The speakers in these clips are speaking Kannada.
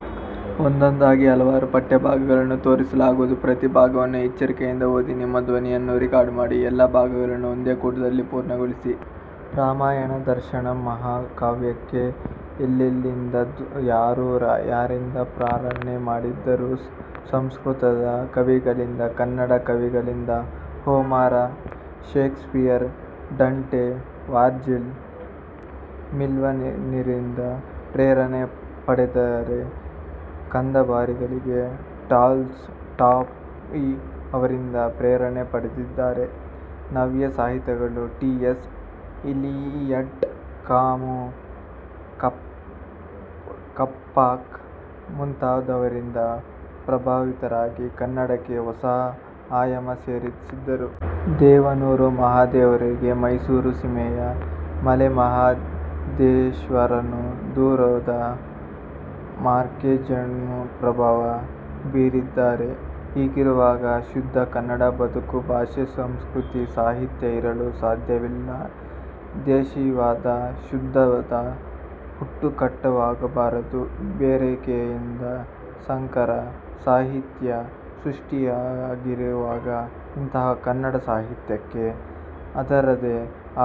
ರಾಮಾಯಣ ದರ್ಶನಂ' ಮಹಾಕಾವ್ಯಕ್ಕೆ ಎಲ್ಲೆಲ್ಲಿಯಿಂದ, ಯಾರು ಯಾರಿಂದ ಪ್ರೇರಣೆ ಪಡೆದರು? ಸಂಸ್ಕೃತದ ಕವಿಗಳಿಂದ, ಕನ್ನಡ ಕವಿಗಳಿಂದ, ಹೋಮರ, ಶೇಕ್ಸಪೀಯರ್, ಡಾಂಟೆ, ವರ್ಜಿಲ್, ಮಿಲ್ಟನ್ರಿಂದ ಪ್ರೇರಣೆ ಪಡೆದಿದ್ದಾರೆ. ಕಾದಂಬರಿಗಳಿಗೆ ಟಾಲ್ಸ್ ಟಾಯ್ ಅವರಿಂದ ಪ್ರೇರಣೆ ಪಡೆದಿದ್ದಾರೆ. ನವ್ಯ ಸಾಹಿತಿಗಳು T. S. Eliot, Camus, Kafka ಮುಂತಾದವರಿಂದ ಪ್ರಭಾವಿತರಾಗಿ ಕನ್ನಡಕ್ಕೆ ಹೊಸ ಆಯಾಮ ಸೇರಿಸಿದರು. ದೇವನೂರು ಮಹಾದೇವರಿಗೆ ಮೈಸೂರು ಸೀಮೆಯ ಮಲೆಮಹಾ ದೇಶ್ವರನೂ, ದೂರದ ಮಾರ್ಕ್ವೇಜ್ನು ಪ್ರಭಾವ ಬೀರಿದ್ದಾರೆ. ಹೀಗಿರುವಾಗ ಶುದ್ಧ ಕನ್ನಡ ಬದುಕು, ಭಾಷೆ, ಸಂಸ್ಕೃತಿ, ಸಾಹಿತ್ಯ ಇರಲು ಸಾಧ್ಯವಿಲ್ಲ. ದೇಶಿವಾದ ಶುದ್ಧದ ಹುಟುಕಾಟವಾಗಬಾರದು. ಬೆರೆಕೆಯಿಂದ ಸಂಕರ ಸಾಹಿತ್ಯ ಸೃಷ್ಠಿಯಾಗಿರುವಾಗ ಇಂಥಹ ಕನ್ನಡ ಸಾಹಿತ್ಯಕ್ಕೆ ಅದರದೇ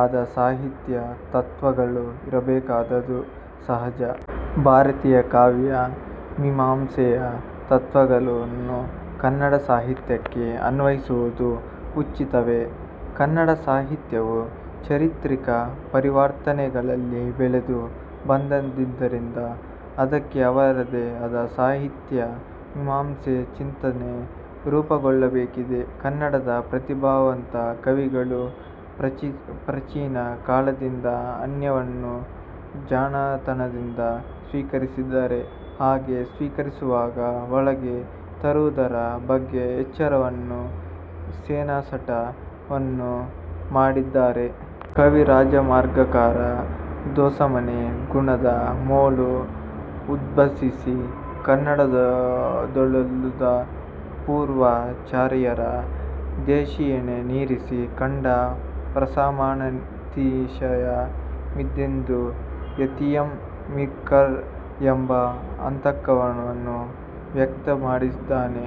ಆದ ಸಾಹಿತ್ಯ ತತ್ವಗಳು ಇರಬೇಕಾದದ್ದು ಸಹಜ. ಭಾರತೀಯ ಕಾವ್ಯ ಮೀಮಾಂಸೆಯ ತತ್ವಗಳನ್ನು ಕನ್ನಡ ಸಾಹಿತ್ಯಕ್ಕೆ ಅನ್ವಯಿಸುವುದು ಉಚಿತವೇ? ಕನ್ನಡ ಸಾಹಿತ್ಯವು ಚಾರಿತ್ರಿಕ ಪರಿವರ್ತನೆಗಳಲ್ಲಿ ಬೆಳೆದು ಬಂದದ್ದರಿಂದ ಅದಕ್ಕೆ ಅವರದೇ ಆದ ಸಾಹಿತ್ಯ ಮೀಮಾಂಸೆ ಚಿಂತನೆ ರೂಪುಗೊಳ್ಳಬೇಕಿದೆ. ಕನ್ನಡದ ಪ್ರತಿಭಾವಂತ ಕವಿಗಳು ಪ್ರಾಚೀನ ಕಾಲದಿಂದ ಅನ್ಯವನ್ನು ಜಾಣತನದಿಂದ ಸ್ವೀಕರಿಸಿದ್ದಾರೆ. ಹಾಗೆ ಸ್ವೀಕರಿಸುವಾಗ, ಒಳಗೆ ತರುವುದರ ಬಗ್ಗೆ ಎಚ್ಚರವನ್ನು, ಸೆಣಸಾಟ ವನ್ನು ಮಾಡಿದ್ದಾರೆ. ಕವಿರಾಜಮಾರ್ಗಕಾರ 'ದೋಸಮನೆ ಗುಣದ ವೊಲು ಉದ್ಭಾಸಿಸಿ, ಕನ್ನಡದೊಳೊಲ್ದು ಪೂರ್ವಾಚಾರ್ಯರ್, ದೇಶಿಯೆನೆ ನಿರಿಸಿ, ಖಂಡ ಪ್ರಾಸಮನತಿಶಯ ಮಿದೆಂದು ಯತಿಯಂ ಮಿಕ್ಕರ್' ಎಂಬ ಆತಂಕವನ್ನು ವ್ಯಕ್ತಮಾಡಿದ್ದಾನೆ.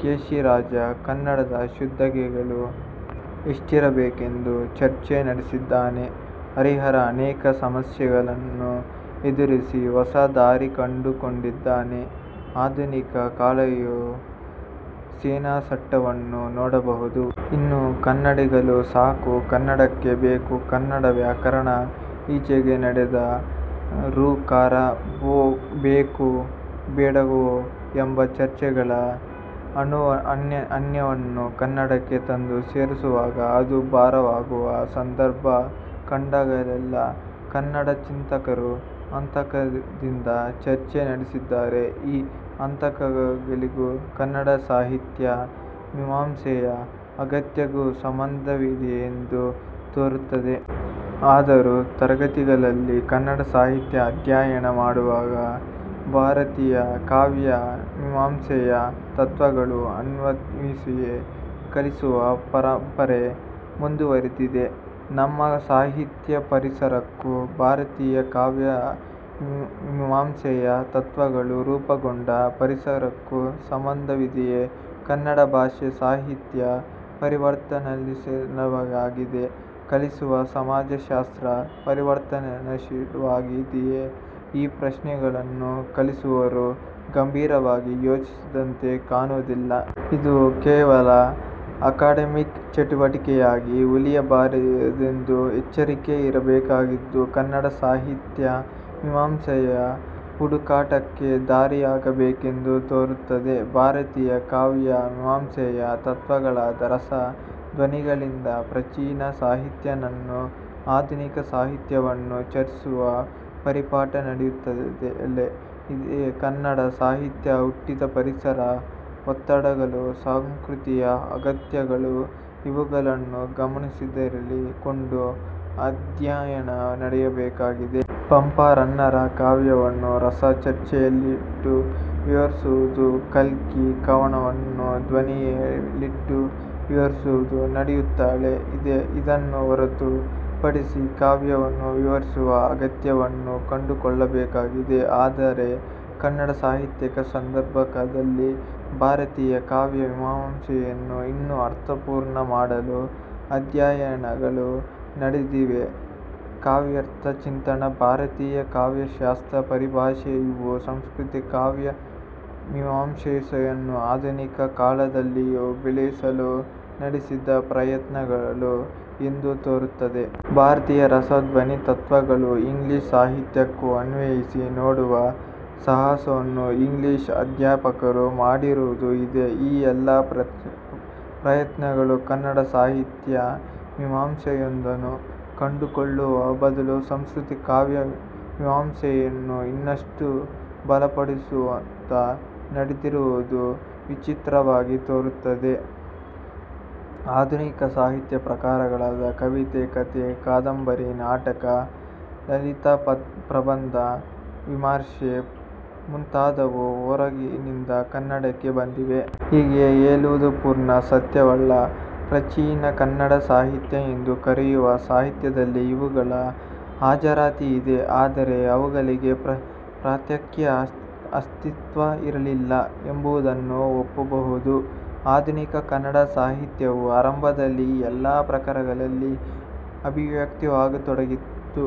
ಕೇಶಿರಾಜ ಕನ್ನಡದ ಶುದ್ಧಗೆಗಳು ಎಷ್ಟಿರಬೇಕೆಂದು ಚರ್ಚೆ ನಡೆಸಿದ್ದಾನೆ. ಹರಿಹರ ಅನೇಕ ಸಮಸ್ಯೆಗಳನ್ನು ಎದುರುಸಿ ಹೊಸ ದಾರಿ ಕಂಡುಕೊಂಡಿದ್ದಾನೆ. ಆಧುನಿಕ ಕಾಲದಲ್ಲಿಯೂ ಸೆಣಸಾಟವನ್ನು ನೋಡಬಹುದು. ಇನ್ನು ಕನ್ನಡಿಗಳು ಸಾಕು, ಕನ್ನಡಕ್ಕೆ ಬೇಕು ಕನ್ನಡ ವ್ಯಾಕರಣ, ಈಚೆಗೆ ನಡೆದ 'ಋ' ಕಾರ ಬೇಕೋ ಬೇಡವೋ ಎಂಬ ಚರ್ಚೆಗಳೆಲ್ಲ ಅನ್ಯವನ್ನು ಕನ್ನಡಕ್ಕೆ ತಂದು ಸೇರಿಸುವಾಗ ಅದು ಭಾರವಾಗುವ ಸಂದರ್ಭ ಕಂಡಾಗಲೆಲ್ಲ ಕನ್ನಡ ಚಿಂತಕರು ಆತಂಕದಿಂದ ಚರ್ಚೆ ನಡೆಸಿದ್ದಾರೆ. ಈ ಆತಂಕಗಳಿಗೂ ಕನ್ನಡ ಸಾಹಿತ್ಯ ಮೀಮಾಂಸೆಯ ಅಗತ್ಯಕ್ಕೂ ಸಂಬಧವಿದೆಯೆಂದು ತೋರುತ್ತದೆ. ಆದರೂ ತರಗತಿಗಳಲ್ಲಿ ಕನ್ನಡ ಸಾಹಿತ್ಯ ಅಧ್ಯಯನ ಮಾಡುವಾಗ ಭಾರತೀಯ ಕಾವ್ಯ ಮೀಮಾಂಸೆಯ ತತ್ವಗಳನ್ನು ಅನ್ವಯಿಸಿಯೇ ಕಲಿಸುವ ಪರಂಪರೆ ಮುಂದುವರೆದಿದೆ. ನಮ್ಮ ಸಾಹಿತ್ಯ ಪರಿಸರಕ್ಕೂ, ಭಾರತೀಯ ಕಾವ್ಯ ಮೀಮಾಂಸೆಯ ತತ್ವಗಳು ರೂಪುಗೊಂಡ ಪರಿಸರಕ್ಕೂ ಸಂಬಂಧವಿದೆಯೇ? ಕನ್ನಡ ಭಾಷೆ, ಸಾಹಿತ್ಯ ಪರಿವರ್ತನಶೀಲವಾಗಿದೆ. ಕಲಿಸುವ ಸಮಾಜಶಾಸ್ತ್ರ ಪರಿವರ್ತನಶೀಲವಾಗಿದೆಯೇ? ಈ ಪ್ರಶ್ನೆಗಳನ್ನು ಕಲಿಸುವವರು ಗಂಭೀರವಾಗಿ ಯೋಚಿಸಿದಂತೆ ಕಾಣುವುದಿಲ್ಲ. ಇದು ಕೇವಲ ಅಕಡೆಮಿಕ್ ಚಟುವಟಿಕೆಯಾಗಿ ಉಳಿಯ ಬಾರದೆಂದು ಎಚ್ಚರಿಕೆ ಇರಬೇಕಾದುದ್ದೇ ಕನ್ನಡ ಸಾಹಿತ್ಯ ಮೀಮಾಂಸೆಯ ಹುಡುಕಾಟಕ್ಕೆ ದಾರಿಯಾಗಬೇಕೆಂದು ತೋರುತ್ತದೆ. ಭಾರತೀಯ ಕಾವ್ಯ ಮೀಮಾಂಸೆಯ ತತ್ವಗಳಾದ ರಸ, ಧ್ವನಿಗಳಿಂದ ಪ್ರಾಚೀನ ಸಾಹಿತ್ಯ ವನ್ನು, ಆಧುನಿಕ ಸಾಹಿತ್ಯವನ್ನು ಚರ್ಚಿಸುವ ಪರಿಪಾಠ ನಡೆಯುತ್ತಲೇ ಇದೆ. ಕನ್ನಡ ಸಾಹಿತ್ಯ ಹುಟ್ಟಿದ ಪರಿಸರ, ಒತ್ತಡಗಳು, ಸಾಂಸ್ಕೃತಿಕ ಅಗತ್ಯಗಳು ಇವುಗಳನ್ನು ಗಮನದಲ್ಲಿರಿಸಿ ಕೊಂಡು ಅಧ್ಯಯನ ನಡೆಯಬೇಕಾಗಿದೆ. ಪಂಪ, ರನ್ನರ ಕಾವ್ಯವನ್ನು ರಸ ಚರ್ಚೆಯಲ್ಲಿಟ್ಟು ವಿವರಿಸುವುದು, ಕಲ್ಕಿ ಕವನವನ್ನು ಧ್ವನಿಯಲ್ಲಿಟ್ಟು ವಿವರಿಸುವುದು ನಡೆಯುತ್ತಲೇ ಇದೆ. ಇದನ್ನು ಹೊರತು ಪಡಿಸಿ ಕಾವ್ಯವನ್ನು ವಿವರಿಸುವ ಅಗತ್ಯವನ್ನು ಕಂಡುಕೊಳ್ಳಬೇಕಾಗಿದೆ. ಆದರೆ ಕನ್ನಡ ಸಾಹಿತ್ಯಿಕ ಸಂದರ್ಭದಲ್ಲಿ ಭಾರತೀಯ ಕಾವ್ಯ ಮೀಮಾಂಸೆಯನ್ನು ಇನ್ನೂ ಅರ್ಥಪೂರ್ಣ ಮಾಡಲು ಅಧ್ಯಯನಗಳು ನಡೆದಿವೆ. ಕಾವ್ಯಾರ್ಥ ಚಿಂತನ ಭಾರತೀಯ ಕಾವ್ಯಶಾಸ್ತ್ರ ಪರಿಭಾಷೆ ಇವು ಸಂಸ್ಕೃತ ಕಾವ್ಯ ಮೀಮಾಂಸೆಯನ್ನು ಆಧುನಿಕ ಕಾಲದಲ್ಲಿಯೂ ಬೆಳೆಸಲು ನೆಡೆಸಿದ ಪ್ರಯತ್ನ ಗಳು ಎಂದು ತೋರುತ್ತದೆ. ಭಾರತೀಯ ರಸ, ಧ್ವನಿ, ತತ್ವಗಳನ್ನು ಇಂಗ್ಲಿಶ್ ಸಾಹಿತ್ಯಕ್ಕೂ ಅನ್ವಯಿಸಿ ನೋಡುವ ಸಾಹಸವನ್ನು ಇಂಗ್ಲಿಶ್ ಅಧ್ಯಾಪಕರು ಮಾಡಿರುವುದೂ ಇದೆ. ಈ ಎಲ್ಲ ಪ್ರಯತ್ನಗಳು ಕನ್ನಡ ಸಾಹಿತ್ಯ ಮೀಮಾಂಸೆಯೊಂದನ್ನು ಕಂಡುಕೊಳ್ಳುವ ಬದಲು ಸಂಸ್ಕೃತ ಕಾವ್ಯ ಮೀಮಾಂಸೆಯನ್ನು ಇನ್ನಷ್ಟು ಬಲಪಡಿಸುವತ್ತ ನಡೆದಿರುವುದು ವಿಚಿತ್ರವಾಗಿ ತೋರುತ್ತದೆ. ಆಧುನಿಕ ಸಾಹಿತ್ಯ ಪ್ರಕಾರಗಳಾದ ಕವಿತೆ, ಕಥೆ, ಕಾದಂಬರಿ, ನಾಟಕ, ಲಲಿತಪ್ರಬಂಧ, ವಿಮರ್ಶೆ ಮುಂತಾದವು ಹೊರಗಿನಿಂದ ಕನ್ನಡಕ್ಕೆ ಬಂದಿವೆ. ಹೀಗೆ ಹೇಳುವುದು ಪೂರ್ಣ ಸತ್ಯವಲ್ಲ. ಪ್ರಾಚೀನ ಕನ್ನಡ ಸಾಹಿತ್ಯ ಎಂದು ಕರೆಯುವ ಸಾಹಿತ್ಯದಲ್ಲಿ ಇವುಗಳ ಹಾಜರಾತಿ ಇದೆ. ಆದರೆ ಅವುಗಳಿಗೆ ಪ್ರತ್ಯೇಕ ಅಸ್ತಿತ್ವ ಇರಲಿಲ್ಲ ಎಂಬುದನ್ನು ಒಪ್ಪಬಹುದು. ಆಧುನಿಕ ಕನ್ನಡ ಸಾಹಿತ್ಯವು ಆರಂಭದಲ್ಲಿ ಈ ಎಲ್ಲ ಪ್ರಕಾರಗಳಲ್ಲಿ ಅಭಿವ್ಯಕ್ತವಾಗತೊಡಗಿತು.